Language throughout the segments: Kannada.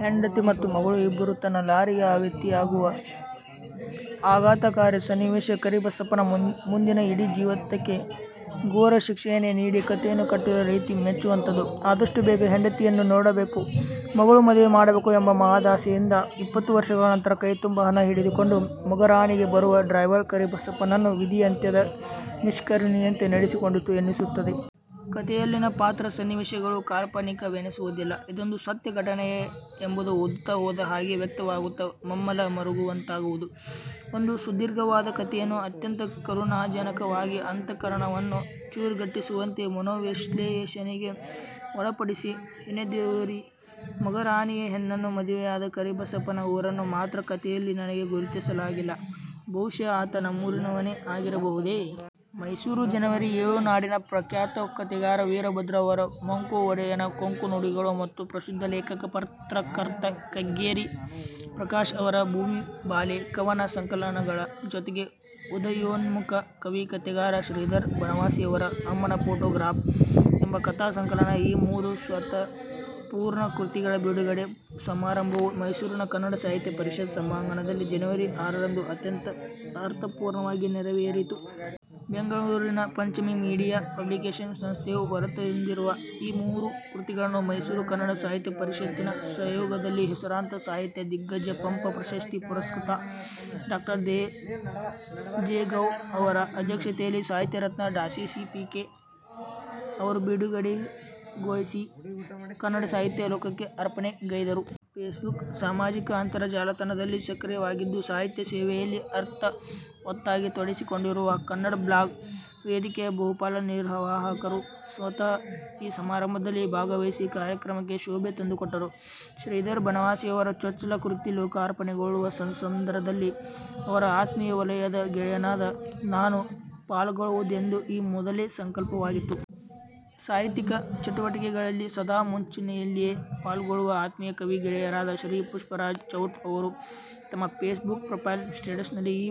ಹೆಂಡತಿ ಮತ್ತು ಮಗಳು ಇಬ್ಬರೂ ತನ್ನ ಲಾರಿಗೆ ಆಹುತಿಯಾಗುವ ಆಘಾತಕಾರಿ ಸನ್ನೀವೇಷ, ಕರಿಬಸಪ್ಪನ ಮುಂದಿನ ಇಡೀ ಜೀವಿತಕ್ಕೆ ಘೋರ ಶಿಕ್ಷೆಯನ್ನೇ ನೀಡಿ ಕಥೆಯನ್ನು ಕಟ್ಟಿದ ರೀತಿ ಮೆಚ್ಚುವಂತದ್ದು. ಆದಷ್ಟು ಬೇಗ ಹೆಂಡತಿಯನ್ನು ನೋಡಬೇಕು, ಮಗಳ ಮದುವೆ ಮಾಡಬೇಕು ಎಂಬ ಮಹದಾಸೆಯಿಂದ ಇಪ್ಪತ್ತು ವರ್ಷಗಳ ನಂತರ ಕೈ ತುಂಬಾ ಹಣ ಹಿಡಿದುಕೊಂಡು ಮಗರಾಣಿಗೆ ಬರುವ ಡ್ರೈವರ್ ಕರಿಬಸಪ್ಪನನ್ನು ವಿಧಿ ಅತ್ಯಂತ ನಿಷ್ಕರುಣಿಯಂತೆ ನಡೆಸಿಕೊಂಡಿತು ಎನಿಸುತ್ತದೆ. ಕಥೆಯಲ್ಲಿನ ಪಾತ್ರ, ಸನ್ನೀವೇಷಗಳು ಕಾಲ್ಪನಿಕವೆನಿಸುವುದಿಲ್ಲ. ಇದೊಂದು ಸತ್ಯ ಘಟನೆಯೇ ಎಂಬುದು ಓದುತ್ತಾ ಹೋದ ಹಾಗೆ ವ್ಯಕ್ತವಾಗುತ್ತಾ ಮಮ್ಮಲ ಮರುಗುವಂತಾಗುವುದು. ಒಂದು ಸುದೀರ್ಘವಾದ ಕಥೆಯನ್ನು ಅತ್ಯಂತ ಕರುಣಾಜನಕವಾಗಿ, ಅಂತಃಕರಣವನ್ನು ಚುರ್ ಗುಟ್ಟಿಸುವಂತೆ, ಮನೋವಿಶ್ಲೇಷಣೆಗೆ ಒಳಪಡಿಸಿ ಹೆಣೆದಿರುವಿರಿ. ಮಗರಾಣಿಯ ಹೆಣ್ಣನ್ನು ಮದುವೆಯಾದ ಕರಿಬಸಪ್ಪನ ಊರನ್ನು ಮಾತ್ರ ಕಥೆಯಲ್ಲಿ ನನಗೆ ಗುರುತಿಸಲಾಗಿಲ್ಲ. ಬಹುಶಃ ಆತ ನಮ್ಮೂರಿನವನೇ ಆಗಿರಬಹುದೇ? ಮೈಸೂರು ಜನವರಿ ಎಳು ನಾಡಿನ ಪ್ರಖ್ಯಾತ ಕಥೆಗಾರ ವೀರಭದ್ರ ಅವರ 'ಮಂಕು ಮಡೆಯನ ಕೊಂಕು ನುಡಿಗಳು' ಮತ್ತು ಪ್ರಸಿದ್ಧ ಲೇಖಕ, ಪತ್ರಕರ್ತ ಕಗ್ಗೆರೆ ಪ್ರಕಾಶ್ ಅವರ 'ಭುವಿಬಾಲೆ' ಕವನ ಸಂಕಲನಗಳ ಜೊತೆಗೆ ಉದಯೋನ್ಮುಖ ಕವಿ, ಕಥೆಗಾರ ಶ್ರೀಧರ ಬನವಾಸಿ ಅವರ 'ಅಮ್ಮನ ಆಟೋ ಗ್ರಾಫ್' ಎಂಬ ಕಥಾ ಸಂಕಲನ, ಈ ಮೂರು ಸತ್ವಪೂರ್ಣ ಕೃತಿಗಳ ಬಿಡುಗಡೆ ಸಮಾರಂಭವು ಮೈಸೂರಿನ ಕನ್ನಡ ಸಾಹಿತ್ಯ ಪರಿಷತ್ ಸಭಾಂಗಣದಲ್ಲಿ ಜನವರಿ ಅರರಂದು ಅತ್ಯಂತ ಅರ್ಥಪೂರ್ಣವಾಗಿ ನೆರವೇರಿತು. ಬೆಂಗಳೂರಿನ ಪಂಚಮಿ ಮೀಡಿಯಾ ಪಬ್ಲಿಕೇಶನ್ ಸಂಸ್ಥೆಯು ಹೊರತಂದಿರುವ ಈ ಮೂರು ಕೃತಿಗಳನ್ನು ಮೈಸೂರು ಕನ್ನಡ ಸಾಹಿತ್ಯ ಪರಿಷತ್ತಿನ ಸಹಯೋಗದಲ್ಲಿ ಹೆಸರಾಂತ ಸಾಹಿತ್ಯ ದಿಗ್ಗಜ, ಪಂಪ ಪ್ರಶಸ್ತಿ ಪುರಸ್ಕೃತ ಡಾ ದೇಜಗೌ ಅವರ ಅಧ್ಯಕ್ಷತೆಯಲ್ಲಿ ಸಾಹಿತ್ಯ ರತ್ನ ಡಾ ಸಿ. ಪಿ. ಕೆ. ಅವರು ಬಿಡುಗಡೆಗೊಳಿಸಿ ಕನ್ನಡ ಸಾಹಿತ್ಯ ಲೋಕಕ್ಕೆ ಅರ್ಪಣೆ ಗೈದರು. ಫೇಸ್ ಬುಕ್ ಸಾಮಾಜಿಕ ಅಂತರ್ ಜಾಲ ತಾಣದಲ್ಲಿ ಸಕ್ರೀಯವಾಗಿದ್ದು ಸಾಹಿತ್ಯ ಸೇವೆಯಲ್ಲಿ ಅರ್ಥವತ್ತಾಗಿ ತೊಡಗಿಸಿಕೊಂಡಿರುವ "ಕನ್ನಡ ಬ್ಲಾಗ್" ವೇದಿಕೆಯ ಬಹುಪಾಲು ನಿರ್ವಾಹಕರು ಸ್ವತಃ ಈ ಸಮಾರಂಭದಲ್ಲಿ ಭಾಗವಹಿಸಿ ಕಾರ್ಯಕ್ರಮಕ್ಕೆ ಶೋಭೆ ತಂದುಕೊಟ್ಟರು. ಶ್ರೀಧರ ಬನವಾಸಿ ಅವರ ಚೊಚ್ಚಲ ಕೃತಿ ಲೋಕಾರ್ಪಣೆಗೊಳ್ಳುವ ಸುಸಂದರ್ಭದಲ್ಲಿ ಅವರ ಆತ್ಮೀಯ ವಲಯದ ಗೆಳೆಯನಾದ ನಾನು ಪಾಲ್ಗೊಳ್ಳವುದೆಂದು ಈ ಮೊದಲೇ ಸಂಕಲ್ಪವಾಗಿತ್ತು. ಸಾಹಿತ್ಯಿಕ ಚಟುವಟಿಕೆಗಳಲ್ಲಿ ಸದಾ ಮುಂಚೂಣಿಲ್ಲಿಯೇ ಪಾಲ್ಗೊಳ್ಳುವ ಆತ್ಮೀಯ ಕವಿ ಗೆಳೆಯರಾದ ಶ್ರೀ ಪುಷ್ಪರಾಜ್ ಚೌಟ ಅವರು ತಮ್ಮ ಫೇಸ್ ಬುಕ್ ಪ್ರೋಫೈಲ್ ಸ್ಟೇಟಸ್ ನಲ್ಲಿ ಈ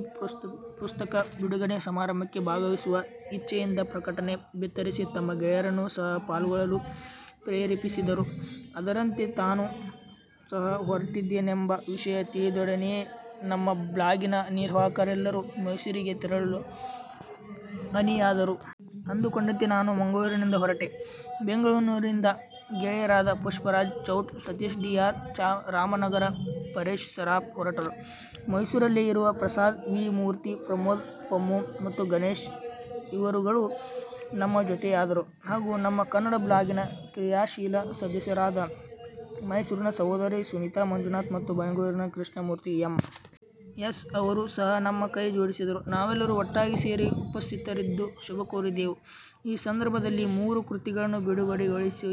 ಪುಸ್ತಕ ಬಿಡುಗಡೆ ಸಮಾರಂಭಕ್ಕೆ ಭಾಗವಹಿಸುವ ಇಚ್ಚೆ ಯಿಂದ ಪ್ರಕಟಣೆ ಭಿತ್ತರಿಸಿ ತಮ್ಮ ಗೆಳೆಯರನ್ನು ಸಹ ಪಾಲ್ಗೊಳ್ಲಲು ಪ್ರೇರೇಪಿಸಿದರು. ಅದರಂತೆ ನಾನೂ ಸಹ ಹೊರಟಿದ್ದೇನೆಂಬ ವಿಷಯ ತಿಳಿದೊಡನೆಯೇ ನಮ್ಮ ಬ್ಲಾಗಿನ ನಿರ್ವಾಹಕರೆಲ್ಲರೂ ಮೈಸೂರಿಗೆ ತೆರಳಲು ಅಣಿಯಾದರು. ಅಂದುಕೊಂಡಂತೆ ನಾನು ಮಂಗಳೂರಿನಿಂದ ಹೊರಟೆ. ಬೆಂಗಳೂರಿನಿಂದ ಗೆಳೆಯರಾದ ಪುಷ್ಪರಾಜ್ ಚೌಟ, ಸತೀಶ ಡಿ. ಆರ್. ರಾಮನಗರ, ಫರೇಶ್ ಸರಾಫ್ ಹೊರಟರು. ಮೈಸೂರಲ್ಲೇ ಇರುವ ಪ್ರಸಾದ್ ವಿ. ಮೂರ್ತಿ, ಪ್ರಮೋದ ಪಮ್ಮು ಮತ್ತು ಗಣೇಶ್ ಇವರುಗಳು ನಮ್ಮ ಜೊತೆಯಾದರು ಹಾಗೂ ನಮ್ಮ ಕನ್ನಡ ಬ್ಲಾಗಿನ ಕ್ರಿಯಾಶೀಲ ಸದಸ್ಯರಾದ ಮೈಸೂರಿನ ಸಹೋದರಿ ಸುನೀತಾ ಮಂಜುನಾಥ ಮತ್ತು ಬೆಂಗಳೂರಿನ ಕೃಷ್ಣ ಮೂರ್ತಿ ಎಮ್. ಎಸ್. ಅವರು ಸಹ ನಮ್ಮ ಕೈ ಜೋಡಿಸಿದರು. ನಾವೆಲ್ಲರೂ ಒಟ್ಟಾಗಿ ಸೇರಿ ಉಪಸ್ಥಿತರಿದ್ದು ಶುಭಕೋರಿದೆವು. ಈ ಸಂದರ್ಭದಲ್ಲಿ ಮೂರೂ ಕೃತಿಗಳನ್ನು ಬಿಡುಗಡೆಗೊಳಿಸಿ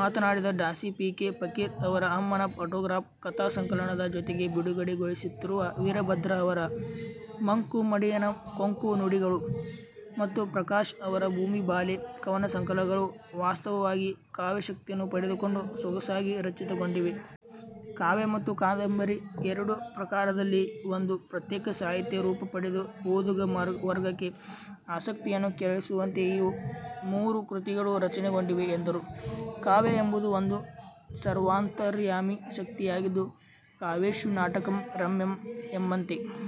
ಮಾತನಾಡಿದ ಡಾ ಸಿ. ಪಿ. ಕೆ, ಫಕೀರ ಅವರ 'ಅಮ್ಮನ ಆಟೋಗ್ರಾಫ್' ಕಥಾ ಸಂಕಲನದ ಜೊತೆಗೆ ಬಿಡುಗಡೆಗೊಳಿಸುತ್ತಿರುವ ವೀರಭದ್ರ ಅವರ 'ಮಂಕು ಮಡೆಯನ ಕೊಂಕು ನುಡಿಗಳು' ಮತ್ತು ಪ್ರಕಾಶ್ ಅವರ 'ಭುವಿಬಾಲೆ' ಕವನ ಸಂಕಲನಗಳು ವಾಸ್ತವವಾಗಿ ಕಾವ್ಯಶಕ್ತಿಯನ್ನು ಪಡೆದುಕೊಂಡು ಸೊಗಸಾಗಿ ರಚಿತಗೊಂಡಿವೆ. ಕಾವ್ಯ ಮತ್ತು ಕಾದಂಬರಿ ಎರಡೂ ಪ್ರಕಾರದಲ್ಲಿ ಒಂದು ಪ್ರತ್ಯೇಕ ಸಾಹಿತ್ಯ ರೂಪ ಪಡೆದು ಓದುಗ ವರ್ಗಕ್ಕೆ ಆಸಕ್ತಿಯನ್ನು ಕೆರಳಿಸುವಂತೆ ಈ ಮೂರು ಕೃತಿಗಳು ರಚನೆಗೊಂಡಿವೆ ಎಂದರು. ಕಾವ್ಯ ಎಂಬುದು ಒಂದು ಸರ್ವಾಂತರ್ಯಾಮಿ ಶಕ್ತಿಯಾಗಿದ್ದು 'ಕಾವ್ಯೇಷು ನಾಟಕಂ ರಮ್ಯಂ' ಎಂಬಂತೆ